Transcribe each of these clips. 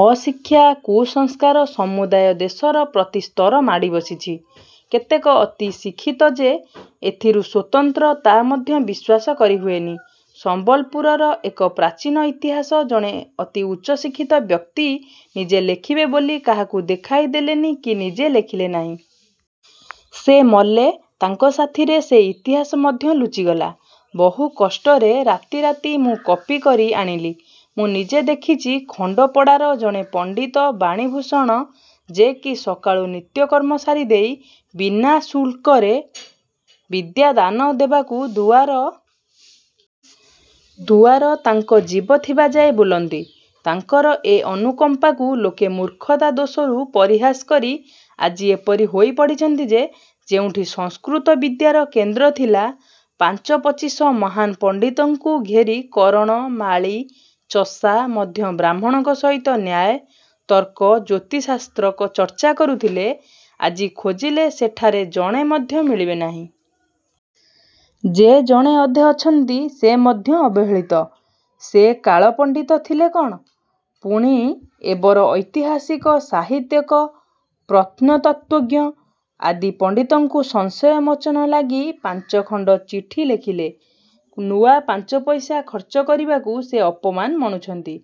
ଅଶିକ୍ଷା, କୁସଂସ୍କାର ସମୁଦାୟ ଦେଶର ପ୍ରତି ସ୍ତର ମାଡ଼ିବସିଛି। କେତେକ ଅତି ଶିକ୍ଷିତ ଯେ ଏଥିରୁ ସ୍ୱତନ୍ତ୍ର, ତା ମଧ୍ୟ ବିଶ୍ୱାସ କରି ହୁଏନି। ସମ୍ବଲପୁରର ଏକ ପ୍ରାଚୀନ ଇତିହାସ ଜଣେ ଅତି ଉଚ୍ଚଶିକ୍ଷିତ ବ୍ୟକ୍ତି ନିଜେ ଲେଖିବେ ବୋଲି କାହାକୁ ଦେଖାଇ ଦେଲେନି କି ନିଜେ ଲେଖିଲେ ନାହିଁ-। ସେ ମଲେ, ତାଙ୍କ ସାଥିରେ ସେ ଇତିହାସ ମଧ୍ୟ ଲୁଚିଗଲା। ବହୁକଷ୍ଟରେ ରାତି ରାତି ମୁଁ କପି କରି ଆଣିଲି। ମୁଁ ନିଜେ ଦେଖିଛି ଖଣ୍ଡପଡ଼ାର ଜଣେ ପଣ୍ଡିତ ବାଣୀଭୂଷଣ ଯେ କି ସକାଳୁ ନିତ୍ୟକର୍ମ ସାରିଦେଇ ବିନା ଶୁଳ୍କରେ ବିଦ୍ୟା ଦାନ ଦେବାକୁ ଦୁଆର ଦୁଆର ତାଙ୍କ ଜୀବ ଥିବାଯାଏ ବୁଲନ୍ତି, ତାଙ୍କର ଏ ଅନୁକମ୍ପାକୁ ଲୋକେ ମୂର୍ଖତା ଦୋଷରୁ ପରିହାସ କରି ଆଜି ଏପରି ହୋଇ ପଡ଼ିଛନ୍ତି ଯେ, ଯେଉଁଠି ସଂସ୍କୃତ ବିଦ୍ୟାର କେନ୍ଦ୍ର ଥିଲା, ପାଞ୍ଚ ପଚିଶ ମହାନ ପଣ୍ଡିତଙ୍କୁ ଘେରି କରଣ, ମାଳୀ, ଚଷା ମଧ୍ୟ ବ୍ରାହ୍ମଣଙ୍କ ସହିତ ନ୍ୟାୟ, ତର୍କ, ଜ୍ୟୋତିଃଶାସ୍ତ୍ର ଚର୍ଚ୍ଚା କରୁଥିଲେ, ଆଜି ଖୋଜିଲେ ସେଠାରେ ଜଣେ ମଧ୍ୟ ମିଳିବେ ନାହିଁ। ଯେ ଜଣେ ଅଧେ ଅଛନ୍ତି ସେ ମଧ୍ୟ ଅବହେଳିତ। ସେ କାଳ ପଣ୍ଡିତ ଥିଲେ କ'ଣ? ପୁଣି ଏବର ଐତିହାସିକ, ସାହିତ୍ୟକ, ପ୍ରତ୍ନତତ୍ତ୍ୱଜ୍ଞ, ଆଦି ପଣ୍ଡିତଙ୍କୁ ସଂଶୟ ମୋଚନ ଲାଗି ପାଞ୍ଚଖଣ୍ଡ ଚିଠି ଲେଖିଲେ, ନୂଆ ପାଞ୍ଚପଇସା ଖର୍ଚ୍ଚ କରିବାକୁ ସେ ଅପମାନ ମଣୁଛନ୍ତି।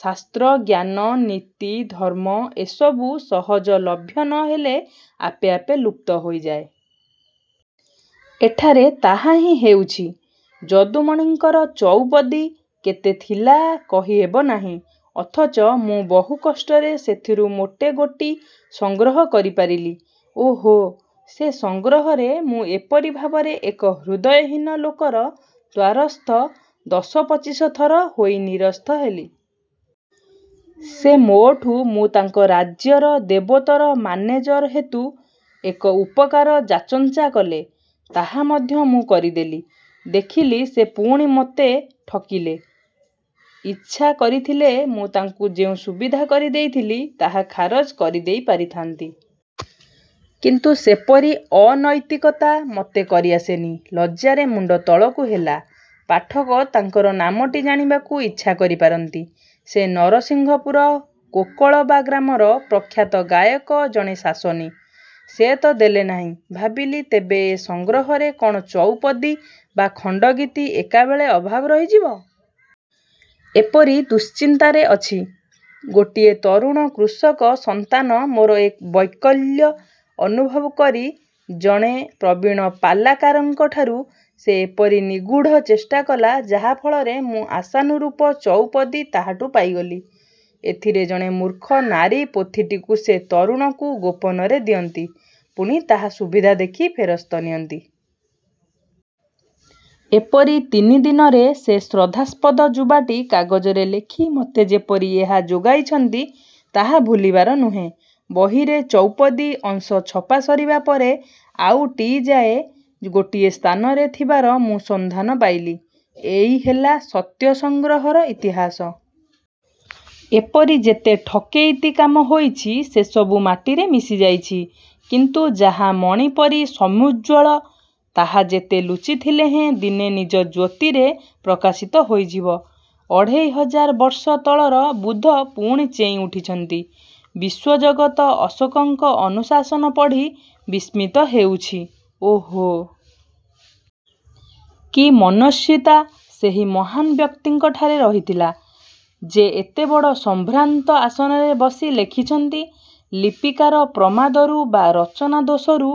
ଶାସ୍ତ୍ର, ଜ୍ଞାନ, ନୀତି, ଧର୍ମ ଏସବୁ ସହଜଲଭ୍ୟ ନ ହେଲେ ଆପେ ଆପେ ଲୁପ୍ତ ହୋଇଯାଏ। ଏଠାରେ ତାହା ହିଁ ହେଉଛି। ଯଦୁମଣିଙ୍କର ଚଉପଦୀ କେତେ ଥିଲା କହିହେବ ନାହିଁ। ଅଥଚ ମୁଁ ବହୁ କଷ୍ଟରେ ସେଥିରୁ ମୋଟେ ଗୋଟି ସଂଗ୍ରହ କରିପାରିଲି। ଓହୋ! ସେ ସଂଗ୍ରହରେ ମୁଁ ଏପରି ଭାବରେ ଏକ ହୃଦୟହୀନ ଲୋକର ଦ୍ୱାରସ୍ଥ ଦଶ ପଚିଶ ଥର ହୋଇ ନିରସ୍ତ ହେଲି। ସେ ମୋଠୁ ମୁଁ ତାଙ୍କ ରାଜ୍ୟର ଦେବୋତ୍ତର ମାନେଜର ହେତୁ ଏକ ଉପକାର ଯାଚଞ୍ଜା କଲେ। ତାହା ମଧ୍ୟ ମୁଁ କରିଦେଲି-। ଦେଖିଲି ସେ ପୁଣି ମତେ ଠକିଲେ। ଇଚ୍ଛା କରିଥିଲେ ମୁଁ ତାଙ୍କୁ ଯେଉଁ ସୁବିଧା କରି ଦେଇଥିଲି, ତାହା ଖାରଜ କରିଦେଇ ପାରିଥାନ୍ତି। କିନ୍ତୁ ସେପରି ଅନୈତିକତା ମତେ କରି ଆସେନି-। ଲଜ୍ଜାରେ ମୁଣ୍ଡ ତଳକୁ ହେଲା। ପାଠକ ତାଙ୍କର ନାମଟି ଜାଣିବାକୁ ଇଚ୍ଛା କରି ପାରନ୍ତି। ସେ ନରସିଂହପୁର କୋକଳବା ଗ୍ରାମର ପ୍ରଖ୍ୟାତ ଗାୟକ ଜଣେ ଶାସନୀ। ସେ ତ ଦେଲେ ନାହିଁ, ଭାବିଲି ତେବେ ଏ ସଂଗ୍ରହରେ କ'ଣ ଚଉପଦୀ ବା ଖଣ୍ଡଗୀତି ଏକାବେଳେ ଅଭାବ ରହିଯିବ? ଏପରି ଦୁଶ୍ଚିନ୍ତାରେ ଅଛି, ଗୋଟିଏ ତରୁଣ କୃଷକ ସନ୍ତାନ ମୋର ଏ ବୈକଲ୍ୟ ଅନୁଭବ କରି ଜଣେ ପ୍ରବୀଣ ପାଲାକାରଙ୍କଠାରୁ ସେ ଏପରି ନିଗୂଢ଼ ଚେଷ୍ଟାକଲା, ଯାହା ଫଳରେ ମୁଁ ଆଶାନୁରୂପ ଚଉପଦୀ ତାହାଠୁ ପାଇଗଲି। ଏଥିରେ ଜଣେ ମୂର୍ଖ ନାରୀ ପୋଥିଟିକୁ ସେ ତରୁଣକୁ ଗୋପନରେ ଦିଅନ୍ତି, ପୁଣି ତାହା ସୁବିଧା ଦେଖି ଫେରସ୍ତ ନିଅନ୍ତି। ଏପରି ତିନି ଦିନରେ ସେ ଶ୍ରଦ୍ଧାସ୍ପଦ ଯୁବାଟି କାଗଜରେ ଲେଖି ମତେ ଯେପରି ଏହା ଯୋଗାଇଛନ୍ତି, ତାହା ଭୁଲିବାର ନୁହେଁ। ବହିରେ ଚୌପଦୀ ଅଂଶ ଛପା ସରିବା ପରେ ଆଉ ଟି ଯାଏ ଗୋଟିଏ ସ୍ଥାନରେ ଥିବାର ମୁଁ ସନ୍ଧାନ ପାଇଲି। ଏଇ ହେଲା ସତ୍ୟ ସଂଗ୍ରହର ଇତିହାସ। ଏପରି ଯେତେ ଠକେଇତି କାମ ହୋଇଛି, ସେସବୁ ମାଟିରେ ମିଶିଯାଇଛି। କିନ୍ତୁ ଯାହା ମଣି ପରି ସମୂଜ୍ଜ୍ୱଳ ତାହା ଯେତେ ଲୁଚିଥିଲେହେଁ ଦିନେ ନିଜ ଜ୍ୟୋତିରେ ପ୍ରକାଶିତ ହୋଇଯିବ। ଅଢ଼େଇ ହଜାର ବର୍ଷ ତଳର ବୁଦ୍ଧ ପୁଣି ଚେଇଁ ଉଠିଛନ୍ତି। ବିଶ୍ୱଜଗତ ଅଶୋକଙ୍କ ଅନୁଶାସନ ପଢ଼ି ବିସ୍ମିତ ହେଉଛି - ଓହୋ! କି ମନସ୍ୱିତା ସେହି ମହାନ ବ୍ୟକ୍ତିଙ୍କଠାରେ ରହିଥିଲା। ଯେ ଏତେବଡ଼ ସଂଭ୍ରାନ୍ତ ଆସନରେ ବସି ଲେଖିଛନ୍ତି - ଲିପିକାର ପ୍ରମାଦରୁ ବା ରଚନା ଦୋଷରୁ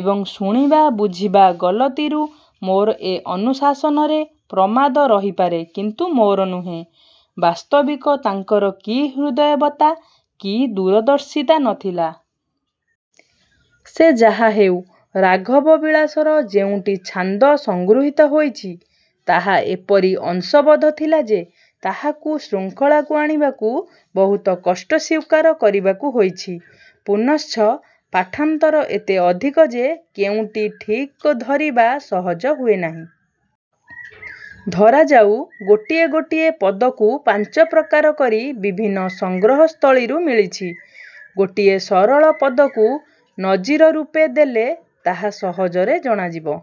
ଏବଂ ଶୁଣିବା ବୁଝିବା ଗଲତିରୁ ମୋର ଏ ଅନୁଶାସନରେ ପ୍ରମାଦ ରହିପାରେ କିନ୍ତୁ ମୋର ନୁହେଁ। ବାସ୍ତବିକ ତାଙ୍କର କି ହୃଦୟବତ୍ତା, କି ଦୁରଦର୍ଶିତା ନ ଥିଲା। ସେ ଯାହାହେଉ - ରାଘବ ବିଳାସର ଯେଉଁ ଟି ଛାନ୍ଦ ସଂଗୃହୀତ ହୋଇଛି ତାହା ଏପରି ଅସଂବଦ୍ଧ ଥିଲା ଯେ ତାହାକୁ ଶୃଙ୍ଖଳାକୁ ଆଣିବାକୁ ବହୁତ କଷ୍ଟ ସ୍ୱୀକାର କରିବାକୁ ହୋଇଛି-। ପୁନଶ୍ଚ ପାଠାନ୍ତର ଏତେ ଅଧିକ ଯେ କେଉଁଟି ଠିକ ଧରିବା ସହଜ ହୁଏ ନାହିଁ। ଧରାଯାଉ ଗୋଟିଏ ଗୋଟିଏ ପଦକୁ ପାଞ୍ଚ ପ୍ରକାର କରି ବିଭିନ୍ନ ସଂଗ୍ରହସ୍ଥଳୀରୁ ମିଳିଛି। ଗୋଟିଏ ସରଳ ପଦକୁ ନଜିରରୂପେ ଦେଲେ ତାହା ସହଜରେ ଜଣାଯିବ।